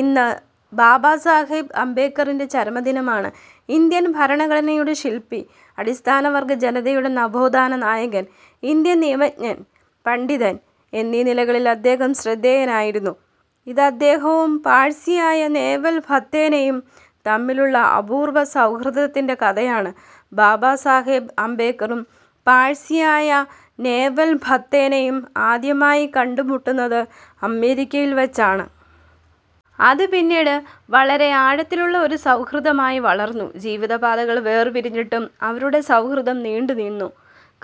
ഇന്ന് ബാബാസാഹേബ് അംബേദ്കറിന്റെ ചരമദിനമാണ്. ഇന്ത്യൻ ഭരണഘടനയുടെ ശിൽപി, അടിസ്ഥാനവർഗ ജനതയുടെ നവോത്ഥാന നായകൻ, ഇന്ത്യൻ നിയമജ്ഞൻ, പണ്ഡിതൻ എന്നീ നിലകളിൽ അദ്ദേഹം ശ്രദ്ധേയനായിരുന്നു. ഇത് അദ്ദേഹവും പാഴ്സിയായ നേവൽ ഭത്തേനയും തമ്മിലുള്ള അപൂർവ സൗഹൃദത്തിന്റെ കഥയാണ്. ബാബാസാഹേബ് അംബേദ്കറും പാഴ്സിയായ നേവൽ ഭത്തേനയും ആദ്യമായി കണ്ടുമുട്ടുന്നത് അമേരിക്കയിൽ വച്ചാണ്. അത് പിന്നീട് വളരെ ആഴത്തിലുള്ള ഒരു സൗഹൃദമായി വളർന്നു. ജീവിതപാതകൾ വേർപിരിഞ്ഞിട്ടും അവരുടെ സൗഹൃദം നീണ്ടുനിന്നു.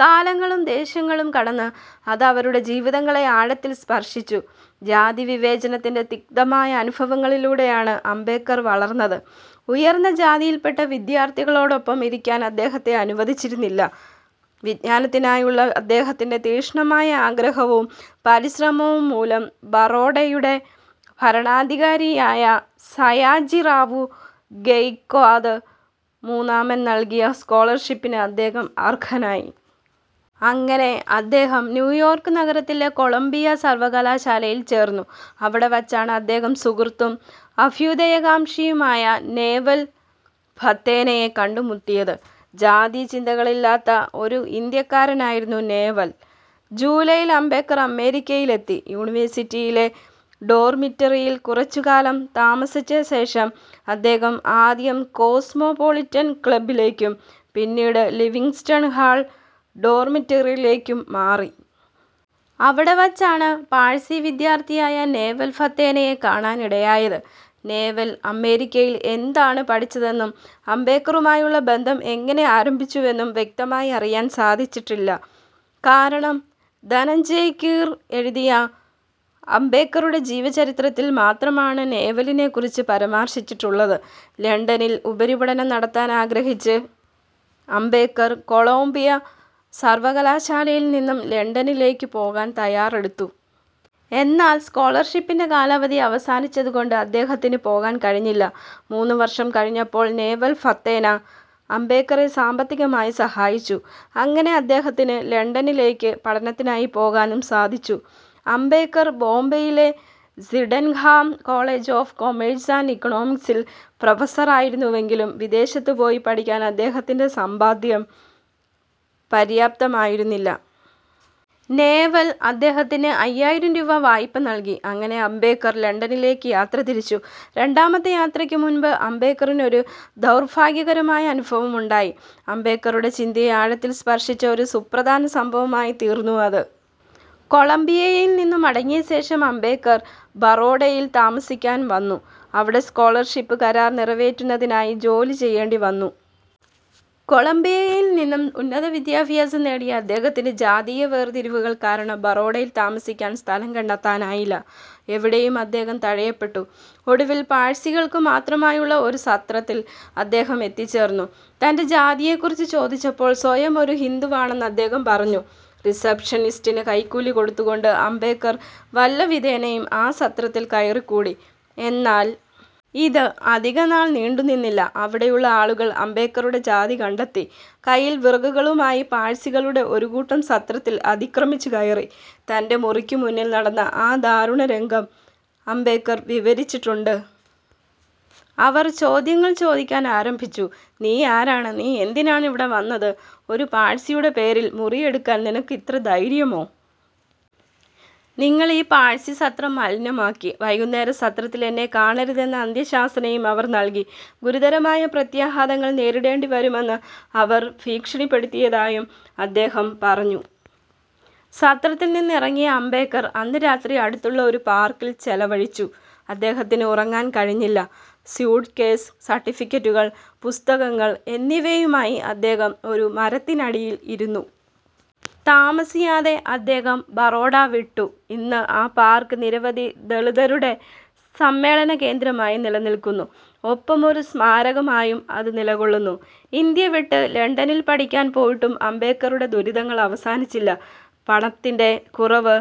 കാലങ്ങളും ദേശങ്ങളും കടന്ന് അത് അവരുടെ ജീവിതങ്ങളെ ആഴത്തിൽ സ്പർശിച്ചു. ജാതിവിവേചനത്തിന്റെ തിക്തമായ അനുഭവങ്ങളിലൂടെയാണ് അംബേദ്കർ വളർന്നത്. ഉയർന്ന ജാതിയിൽപ്പെട്ട വിദ്യാർഥികളോടൊപ്പം ഇരിക്കാൻ അദ്ദേഹത്തെ അനുവദിച്ചിരുന്നില്ല. വിജ്ഞാനത്തിനായുള്ള അദ്ദേഹത്തിന്റെ തീക്ഷ്ണമായ ആഗ്രഹവും പരിശ്രമവും മൂലം ബറോഡയുടെ ഭരണാധികാരിയായ സയാജിറാവു ഗെയ്ക്ക്വാദ് മൂന്നാമൻ നൽകിയ സ്കോളർഷിപ്പിന് അദ്ദേഹം അർഹനായി. അങ്ങനെ അദ്ദേഹം ന്യൂയോർക്ക് നഗരത്തിലെ കൊളംബിയ സർവകലാശാലയിൽ ചേർന്നു. അവിടെവച്ചാണ് അദ്ദേഹം സുഹൃത്തും അഭ്യുദയകാംക്ഷിയുമായ നേവൽ ഭത്തേനയെ കണ്ടുമുട്ടിയത്. ജാതിചിന്തകളില്ലാത്ത ഒരു ഇന്ത്യക്കാരനായിരുന്നു നേവൽ. ജൂലൈയിൽ അംബേദ്കർ അമേരിക്കയിലെത്തി. യൂണിവേഴ്സിറ്റിയിലെ ഡോർമിറ്ററിയിൽ കുറച്ചുകാലം താമസിച്ചശേഷം അദ്ദേഹം ആദ്യം കോസ്മോപൊളിറ്റൻ ക്ലബിലേക്കും പിന്നീട് ലിവിംഗ്സ്റ്റൺ ഹാൾ ഡോർമിറ്ററിയിലേക്കും മാറി. അവിടെവച്ചാണ് പാഴ്സി വിദ്യാർഥിയായ നേവൽ ഭത്തേനയെ കാണാനിടയായത്. നേവൽ അമേരിക്കയിൽ എന്താണ് പഠിച്ചതെന്നും അംബേദ്കറുമായുള്ള ബന്ധം എങ്ങനെ ആരംഭിച്ചുവെന്നും വ്യക്തമായി അറിയാൻ സാധിച്ചിട്ടില്ല. കാരണം ധനഞ്ജയ് കീർ എഴുതിയ അംബേദ്കറുടെ ജീവചരിത്രത്തിൽ മാത്രമാണ് നേവലിനെക്കുറിച്ച് പരാമർശിച്ചിട്ടുള്ളത്. ലണ്ടനിൽ ഉപരിപഠനം നടത്താനാഗ്രഹിച്ച് അംബേദ്കർ കൊളംബിയ സർവകലാശാലയിൽ നിന്ന് ലണ്ടനിലേക്ക് പോകാൻ തയ്യാറെടുത്തു. എന്നാൽ സ്കോളർഷിപ്പിന്റെ കാലാവധി അവസാനിച്ചതുകൊണ്ട് അദ്ദേഹത്തിന് പോകാൻ കഴിഞ്ഞില്ല. മൂന്നുവർഷം കഴിഞ്ഞപ്പോൾ നേവൽ ഭത്തേന അംബേദ്കറെ സാമ്പത്തികമായി സഹായിച്ചു. അങ്ങനെ അദ്ദേഹത്തിന് ലണ്ടനിലേക്ക് പഠനത്തിനായി പോകാനും സാധിച്ചു. അംബേദ്കർ ബോംബെയിലെ Sydenham college of commerce and ഇക്കണോമിക്സിൽ പ്രൊഫസറായിരുന്നുവെങ്കിലും വിദേശത്ത് പോയി പഠിക്കാൻ അദ്ദേഹത്തിന്റെ സമ്പാദ്യം പര്യാപ്തമായിരുന്നില്ല. നേവൽ അദ്ദേഹത്തിന് അയ്യായിരം രൂപ വായ്പ നൽകി. അങ്ങനെ അംബേദ്കർ ലണ്ടനിലേക്ക് യാത്ര തിരിച്ചു. രണ്ടാമത്തെ യാത്രയ്ക്ക് മുൻപ് അംബേദ്കറിന് ഒരു ദൗർഭാഗ്യകരമായ അനുഭവം ഉണ്ടായി. അംബേദ്കറുടെ ചിന്തയെ ആഴത്തിൽ സ്പർശിച്ച ഒരു സുപ്രധാന സംഭവമായിത്തീർന്നു അത്. കൊളംബിയയിൽ നിന്ന് മടങ്ങിയശേഷം അംബേദ്കർ ബറോഡയിൽ താമസിക്കാൻ വന്നു. അവിടെ സ്കോളർഷിപ്പ് കരാർ നിറവേറ്റുന്നതിനായി ജോലി ചെയ്യേണ്ടി വന്നു. കൊളംബിയയിൽ നിന്ന് ഉന്നത വിദ്യാഭ്യാസം നേടിയ അദ്ദേഹത്തിന് ജാതീയ വേർതിരിവുകൾ കാരണം ബറോഡയിൽ താമസിക്കാൻ സ്ഥലം കണ്ടെത്താനായില്ല. എവിടെയും അദ്ദേഹം തഴയപ്പെട്ടു. ഒടുവിൽ പാഴ്സികൾക്ക് മാത്രമായുള്ള ഒരു സത്രത്തിൽ അദ്ദേഹം എത്തിച്ചേർന്നു. തന്റെ ജാതിയെക്കുറിച്ച് ചോദിച്ചപ്പോൾ സ്വയം ഒരു ഹിന്ദുവാണെന്ന് അദ്ദേഹം പറഞ്ഞു. റിസപ്ഷനിസ്റ്റിന് കൈക്കൂലി കൊടുത്തുകൊണ്ട് അംബേദ്കർ വല്ലവിധേനയും ആ സത്രത്തിൽ കയറിക്കൂടി. എന്നാൽ ഇത് അധികനാൾ നീണ്ടുനിന്നില്ല. അവിടെയുള്ള ആളുകൾ അംബേദ്കറുടെ ജാതി കണ്ടെത്തി. കയ്യിൽ വിറകുകളുമായി പാഴ്സികളുടെ ഒരു കൂട്ടം സത്രത്തിൽ അതിക്രമിച്ചുകയറി. തന്റെ മുറിക്ക് മുന്നിൽ നടന്ന ആ ദാരുണരംഗം അംബേദ്കർ വിവരിച്ചിട്ടുണ്ട്. അവർ ചോദ്യങ്ങൾ ചോദിക്കാൻ ആരംഭിച്ചു. നീ ആരാണ്. നീ എന്തിനാണ് ഇവിടെ വന്നത്. ഒരു പാഴ്സിയുടെ പേരിൽ മുറിയെടുക്കാൻ നിനക്ക് ഇത്ര ധൈര്യമോ. നിങ്ങൾ ഈ പാഴ്സി സത്രം മലിനമാക്കി. വൈകുന്നേരം സത്രത്തിൽ എന്നെ കാണരുത് എന്ന അന്ത്യശാസനവും അവർ നൽകി. ഗുരുതരമായ പ്രത്യാഘാതങ്ങൾ നേരിടേണ്ടിവരുമെന്ന് അവർ ഭീഷണിപ്പെടുത്തിയതായും അദ്ദേഹം പറഞ്ഞു. സത്രത്തിൽനിന്ന് ഇറങ്ങിയ അംബേദ്കർ അന്ന് രാത്രി അടുത്തുള്ള ഒരു പാർക്കിൽ ചെലവഴിച്ചു. അദ്ദേഹത്തിന് ഉറങ്ങാൻ കഴിഞ്ഞില്ല. സ്യൂട്ട്കേസ്, സർട്ടിഫിക്കറ്റുകൾ, പുസ്തകങ്ങൾ എന്നിവയുമായി അദ്ദേഹം ഒരു മരത്തിനടിയിൽ ഇരുന്നു. താമസിയാതെ അദ്ദേഹം ബറോഡ വിട്ടു.ഇന്ന് ആ പാർക്ക് നിരവധി ദലിതരുടെ സമ്മേളന കേന്ദ്രമായി നിലനിൽക്കുന്നു. ഒപ്പം ഒരു സ്മാരകമായും അത് നിലകൊള്ളുന്നു. ഇന്ത്യ വിട്ട് ലണ്ടനിൽ പഠിക്കാൻ പോയിട്ടും അംബേദ്കറുടെ ദുരിതങ്ങൾ അവസാനിച്ചില്ല. പണത്തിന്റെ കുറവ്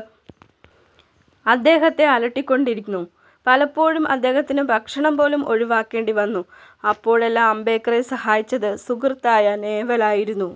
അദ്ദേഹത്തെ അലട്ടിക്കൊണ്ടിരുന്നു. പലപ്പോഴും അദ്ദേഹത്തിന് ഭക്ഷണം പോലും ഒഴിവാക്കേണ്ടിവന്നു. അപ്പോഴെല്ലാം അംബേദ്കറെ സഹായിച്ചത് സുഹൃത്തായ നേവലായിരുന്നു.